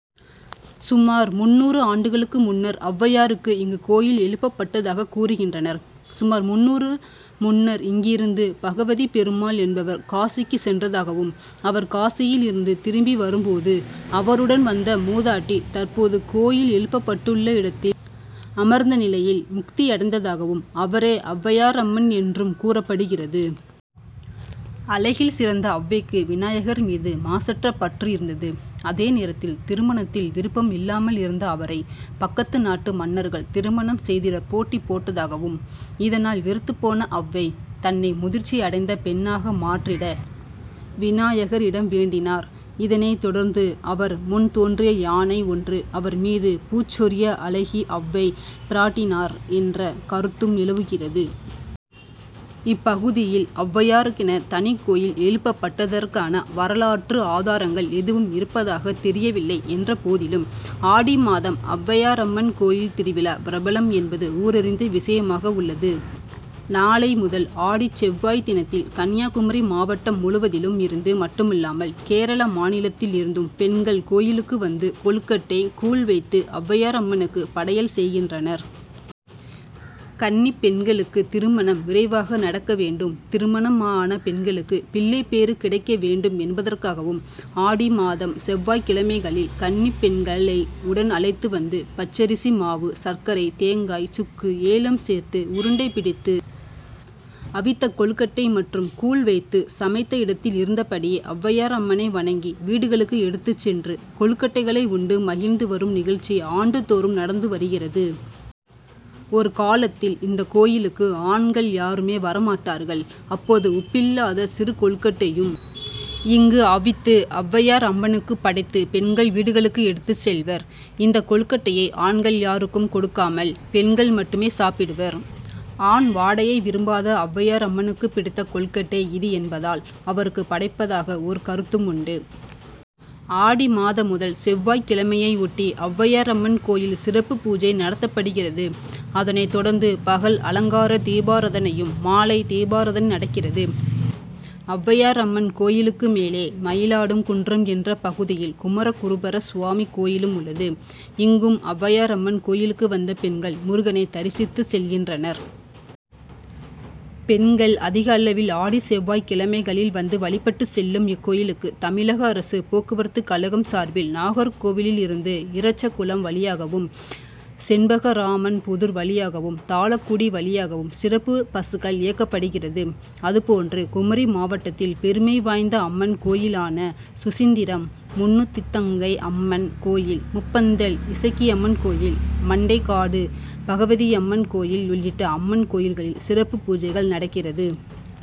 சுமார் முந்நூறு ஆண்டுகளுக்கு முன்னர் அவ்வையாருக்கு இங்கு கோயில் எழுப்பப் பட்டதாக கூறுகின்றனர். சுமார் முந்நூறு முன்னர் இங்கிருந்து பகவதிப் பெருமாள் என்பவர் காசிக்கு சென்றதாகவும், அவர் காசியில் இருந்து திரும்பி வரும்போது அவருடன் வந்த மூதாட்டி தற்போது கோயில் எழுப்பப்பட்டுள்ள இடத்தில் அமர்ந்த நிலையில் முக்தியடைந்ததாகவும், அவரே அவ்வையாரம்மன் என்றும் கூறப்படுகிறது. அழகில் சிறந்த அவ்வைக்கு விநாயகர் மீது மாசற்ற பற்று இருந்தது. அதே நேரத்தில் திருமணத்தில் விருப்பம் இல்லாமல் இருந்த அவரை பக்கத்து நாட்டு மன்னர்கள் திருமணம் செய்திட போட்டி போட்டதாகவும், இதனால் வெறுத்துப்போன அவ்வை, தன்னை முதிர்ச்சி அடைந்த பெண்ணாக மாற்றிட விநாயகரிடம் வேண்டினார். இதனை தொடர்ந்து அவர் முன்தோன்றிய யானை ஒன்று அவர் மீது பூச்சொரிய, அழகி அவ்வை, பிராட்டியானார் என்ற கருத்தும் நிலவுகிறது. இப்பகுதியில் அவ்வையாருக்கென தனிக் கோயில் எழுப்பப்பட்டதற்கென வரலாற்று ஆதாரங்கள் எதுவும் இருப்பதாக தெரியவில்லை என்றபோதிலும் ஆடி மாதம் அவ்வையாரம்மன் கோயில் திருவிழா பிரபலம் என்பது ஊரறிந்த விஷயமாக உள்ளது. நாளை முதல் ஆடிச் செவ்வாய் தினத்தில் கன்னியாகுமரி மாவட்டம் முழுவதிலும் இருந்து மட்டுமல்லாமல், கேரள மாநிலத்தில் இருந்தும் பெண்கள் கோயிலுக்கு வந்து கொழுக்கட்டை, கூழ் வைத்து அவ்வையாரம்மனுக்கு படையல் செய்கின்றனர். கன்னிப் பெண்களுக்கு திருமணம் விரைவாக நடக்க வேண்டும். திருமணமான பெண்களுக்கு பிள்ளைப்பேறு கிடைக்க வேண்டும் என்பதற்காகவும் ஆடி மாதம் செவ்வாய்க் கிழமைகளில் கன்னிப் பெண்களை உடன் அழைத்து வந்து பச்சரிசி மாவு, சர்க்கரை, தேங்காய், சுக்கு, ஏலம் சேர்த்து உருண்டை பிடித்து அவித்த கொழுக்கட்டை மற்றும் கூழ் வைத்து சமைத்த இடத்தில் இருந்தபடியே அவ்வையாரம்மனை வணங்கி வீடுகளுக்கு எடுத்து சென்று கொழுக்கட்டைகளை உண்டு மகிழ்ந்து வரும் நிகழ்ச்சி ஆண்டு தோறும் நடந்து வருகிறது. ஒரு காலத்தில் இந்தக் கோயிலுக்கு ஆண்கள் யாருமே வரமாட்டார்கள். அப்போது உப்பில்லாத சிறு கொழுக்கட்டையும் இங்கு அவித்து அவ்வையார் அம்மனுக்கு படைத்து பெண்கள் வீடுகளுக்கு எடுத்து செல்வர். இந்த கொழுக்கட்டையை ஆண்கள் யாருக்கும் கொடுக்காமல் பெண்கள் மட்டுமே சாப்பிடுவர். ஆண் வாடையை விரும்பாத அவ்வையாரம்மனுக்கு பிடித்த கொழுக்கட்டை இது என்பதால் அவருக்கு படைப்பதாக ஒரு கருத்தும் உண்டு. ஆடி மாத முதல் செவ்வாய் கிழமையை ஒட்டி அவ்வையாரம்மன் கோயில் சிறப்பு பூஜை நடத்தப்படுகிறது. அதனை தொடர்ந்து பகல் அலங்கார தீபாராதனையும், மாலை தீபாராதனை நடக்கிறது. அவ்வையாரம்மன் கோயிலுக்கு மேலே மயிலாடும் குன்றம் என்ற பகுதியில் குமரகுருபர சுவாமி கோயிலும் உள்ளது. இங்கும் அவ்வையாரம்மன் கோயிலுக்கு வந்த பெண்கள் முருகனை தரிசித்து செல்கின்றனர். பெண்கள் அதிக அளவில் ஆடி செவ்வாய் கிழமைகளில் வந்து வழிபட்டு செல்லும் இக்கோயிலுக்கு தமிழக அரசு போக்குவரத்து கழகம் சார்பில் நாகர்கோவிலில் இருந்து இறச்சகுளம், வழியாகவும், செண்பகராமன்புதூர் வழியாகவும், தாழக்குடி வழியாகவும் சிறப்பு பஸ்கள் இயக்கபடுகிறது. அதுபோன்று குமரி மாவட்டத்தில் பெருமை வாய்ந்த அம்மன் கோயிலான சுசீந்திரம் முன்னுதித்தநங்கைஅம்மன் கோயில், முப்பந்தல் இசக்கியம்மன் கோயில், மண்டைகாடு பகவதியம்மன்கோயில் உள்ளிட்ட அம்மன்கோயில்களில் சிறப்பு பூஜைகள் நடக்கிறது.